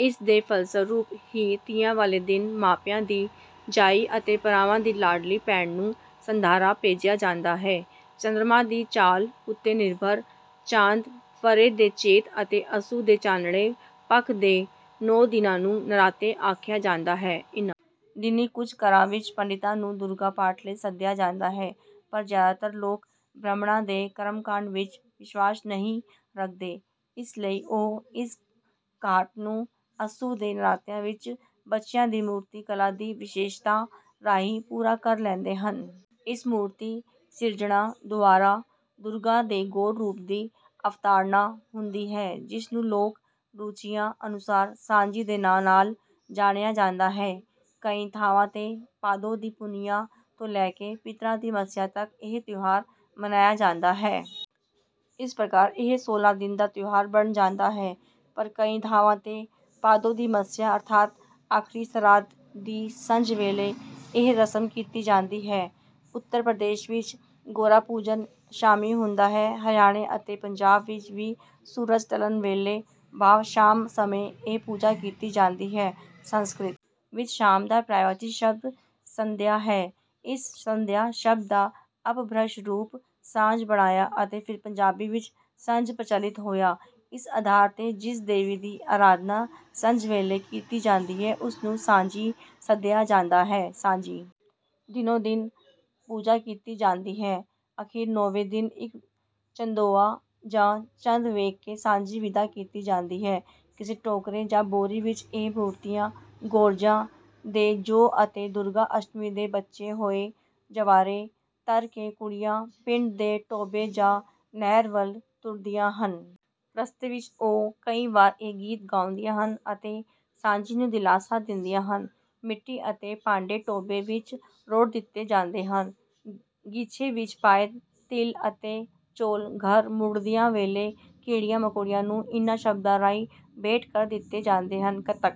ਇਸ ਦੇ ਫਲਸਰੂਪ ਹੀ ਤੀਆਂ ਵਾਲੇ ਦਿਨ ਮਾਪਿਆਂ ਦੀ ਜਾਈ ਅਤੇ ਭਰਾਵਾਂ ਦੀ ਲਾਡਲੀ ਭੈਣ ਨੂੰ ‘ਸੰਧਾਰਾ’ ਭੇਜਿਆ ਜਾਂਦਾ ਹੈ। ਚੰਦਰਮਾ ਦੀ ਚਾਲ ਉੱਤੇ ਨਿਰਭਰ ਚਾਂਦ੍ਰ ਵਰ੍ਹੇ ਦੇ ਚੇਤ ਅਤੇ ਅੱਸੂ ਦੇ ਚਾਨਣੇ ਪੱਖ ਦੇ ਨੌਂ ਦਿਨਾਂ ਨੂੰ ਨਰਾਤੇ ਆਖਿਆ ਜਾਂਦਾ ਹੈ। ਇਨ੍ਹਾਂ ਦਿਨੀਂ ਕੁਝ ਘਰਾਂ ਵਿੱਚ ਪੰਡਿਤਾਂ ਨੂੰ ਦੁਰਗਾ ਪਾਠ ਲਈ ਸੱਦਿਆ ਜਾਂਦਾ ਹੈ, ਪਰ ਜ਼ਿਆਦਾਤਰ ਲੋਕ ਬ੍ਰਾਹਮਣਾਂ ਦੇ ਕਰਮ-ਕਾਂਡ ਵਿੱਚ ਵਿਸ਼ਵਾਸ ਨਹੀਂ ਰੱਖਦੇ। ਇਸ ਲਈ ਉਹ ਇਸ ਘਾਟ ਨੂੰ ਅੱਸੂ ਦੇ ਨਰਾਤਿਆਂ ਵਿੱਚ ਬੱਚਿਆਂ ਦੀ ਮੂਰਤੀ-ਕਲਾ ਦੀ ਵਿਸ਼ੇਸ਼ਤਾ ਰਾਹੀਂ ਪੂਰਾ ਕਰ ਲੈਂਦੇ ਹਨ। ਇਸ ਮੂਰਤੀ-ਸਿਰਜਣਾ ਦੁਆਰਾ ਦੁਰਗਾ ਦੇ ਗੌਰ ਰੂਪ ਦੀ ਅਵਤਾਰਣਾ ਹੁੰਦੀ ਹੈ, ਜਿਸ ਨੂੰ ਲੋਕ-ਰੁਚੀਆਂ ਅਨੁਸਾਰ ‘ਸਾਂਝੀ’ ਦੇ ਨਾਂ ਨਾਲ ਜਾਣਿਆ ਜਾਂਦਾ ਹੈ। ਕਈ ਥਾਵਾਂ ’ਤੇ ਭਾਦੋਂ ਦੀ ਪੁੰਨਿਆਂ ਤੋਂ ਲੈ ਕੇ ਪਿਤਰਾਂ ਦੀ ਮੱਸਿਆ ਤੱਕ ਇਹ ਤਿਉਹਾਰ ਮਨਾਇਆ ਜਾਂਦਾ ਹੈ। ਇਸ ਪ੍ਰਕਾਰ ਇਹ ਸੋਲ੍ਹਾਂ ਦਿਨਾਂ ਦਾ ਤਿਉਹਾਰ ਬਣ ਜਾਂਦਾ ਹੈ। ਪਰ ਕਈ ਥਾਵਾਂ ’ਤੇ ਭਾਦੋਂ ਦੀ ਮੱਸਿਆ, ਅਰਥਾਤ ਆਖ਼ਰੀ ਸ਼ਰਾਧ ਦੀ ਸੰਝ ਵੇਲੇ, ਇਹ ਰਸਮ ਕੀਤੀ ਜਾਂਦੀ ਹੈ। ਉੱਤਰ ਪ੍ਰਦੇਸ਼ ਵਿੱਚ ਗੌਰਾ-ਪੂਜਨ ਸ਼ਾਮੀਂ ਹੁੰਦਾ ਹੈ ਹਰਿਆਣੇ ਅਤੇ ਪੰਜਾਬ ਵਿੱਚ ਵੀ ਸੂਰਜ ਢਲਣ ਵੇਲੇ, ਭਾਵ ਸ਼ਾਮ ਸਮੇਂ, ਇਹ ਪੂਜਾ ਕੀਤੀ ਜਾਂਦੀ ਹੈ। ਸੰਸਕ੍ਰਿਤ ਵਿੱਚ ‘ਸ਼ਾਮ’ ਦਾ ਪ੍ਰਯਾਇਵਾਚੀ ਸ਼ਬਦ ‘ਸੰਧਿਆ’ ਹੈ। ਇਸ ‘ਸੰਧਿਆ’ ਸ਼ਬਦ ਦਾ ਅਪਭ੍ਰੰਸ਼ ਰੂਪ ‘ਸਾਂਝ’ ਬਣਿਆ ਅਤੇ ਫਿਰ ਪੰਜਾਬੀ ਵਿੱਚ ‘ਸੰਝ’ ਪ੍ਰਚਲਿਤ ਹੋਇਆ। ਇਸ ਆਧਾਰ ’ਤੇ ਜਿਸ ਦੇਵੀ ਦੀ ਅਰਾਧਨਾ ਸੰਝ ਵੇਲੇ ਕੀਤੀ ਜਾਂਦੀ ਹੈ, ਉਸ ਨੂੰ ‘ਸਾਂਝੀ’ ਸੱਦਿਆ ਜਾਂਦਾ ਹੈ। ਸਾਂਝੀ ਦੀ ਨੌਂ ਦਿਨ ਪੂਜਾ ਕੀਤੀ ਜਾਂਦੀ ਹੈ। ਅਖ਼ੀਰ ਨੌਵੇਂ ਦਿਨ ਇੱਕ ਚੰਦੋਆ ਜਾਂ ਚੰਦ ਵੇਖ ਕੇ ‘ਸਾਂਝੀ’ ਵਿਦਾ ਕੀਤੀ ਜਾਂਦੀ ਹੈ। ਕਿਸੇ ਟੋਕਰੇ ਜਾਂ ਬੋਰੀ ਵਿੱਚ ਇਹ ਮੂਰਤੀਆਂ, ਗੋਰਜਾਂ ਦੇ ਜੌਂ ਅਤੇ ਦੁਰਗਾ ਅਸ਼ਟਮੀ ਦੇ ਬਚੇ ਹੋਏ ਜਵਾਰੇ ਧਰ ਕੇ ਕੁੜੀਆਂ ਪਿੰਡ ਦੇ ਟੋਭੇ ਜਾਂ ਨਹਿਰ ਵੱਲ ਤੁਰਦੀਆਂ ਹਨ। ਰਸਤੇ ਵਿੱਚ ਉਹ ਕਈ ਵਾਰ ਇਹ ਗੀਤ ਗਾਉਂਦੀਆਂ ਹਨ ਅਤੇ ਸਾਂਝੀ ਨੂੰ ਦਿਲਾਸਾ ਦਿੰਦੀਆਂ ਹਨ। ਮਿੱਟੀ ਅਤੇ ਭਾਂਡੇ ਟੋਭੇ ਵਿੱਚ ਰੋੜ੍ਹ ਦਿੱਤੇ ਜਾਂਦੇ ਹਨ। ਗੀਝੇ ਵਿੱਚ ਪਾਏ ਤਿਲ ਅਤੇ ਚੌਲ ਘਰ ਮੁੜਦਿਆਂ ਵੇਲੇ ਕੀੜੀਆਂ-ਮਕੌੜਿਆਂ ਨੂੰ ਇਨ੍ਹਾਂ ਸ਼ਬਦਾਂ ਰਾਹੀਂ ਭੇਟ ਕਰ ਦਿੱਤੇ ਜਾਂਦੇ ਹਨ। ਕੱਤਕ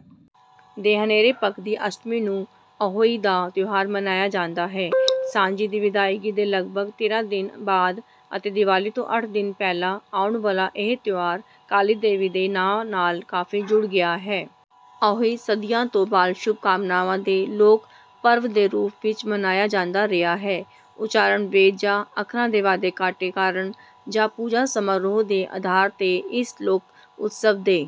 ਦੇ ਹਨੇਰੇ ਪੱਖ ਦੀ ਅਸ਼ਟਮੀ ਨੂੰ ‘ਅਹੋਈ’ ਦਾ ਤਿਉਹਾਰ ਮਨਾਇਆ ਜਾਂਦਾ ਹੈ। ਸਾਂਝੀ ਦੀ ਵਿਦਾਇਗੀ ਤੋਂ ਲਗਭਗ ਤੇਰ੍ਹਾਂ ਦਿਨਾਂ ਬਾਅਦ ਅਤੇ ਦੀਵਾਲੀ ਤੋਂ ਅੱਠ ਦਿਨ ਪਹਿਲਾਂ ਆਉਣ ਵਾਲਾ ਇਹ ਤਿਉਹਾਰ ਕਾਲੀ ਦੇਵੀ ਦੇ ਨਾਂ ਨਾਲ ਕਾਫ਼ੀ ਜੁੜ ਗਿਆ ਹੈ। ਅਹੋਈ ਸਦੀਆਂ ਤੋਂ ਬਾਲ-ਸ਼ੁਭ ਕਾਮਨਾਵਾਂ ਦੇ ਲੋਕ-ਪਰਵ ਦੇ ਰੂਪ ਵਿੱਚ ਮਨਾਇਆ ਜਾਂਦਾ ਰਿਹਾ ਹੈ। ਉਚਾਰਣ, ਵੇਦ ਜਾਂ ਅੱਖਰਾਂ ਦੇ ਵਾਧੇ-ਘਾਟੇ ਕਾਰਨ ਜਾਂ ਪੂਜਾ-ਸਮਾਰੋਹ ਦੇ ਆਧਾਰ ’ਤੇ ਇਸ ਲੋਕ-ਉਤਸਵ ਦੇ…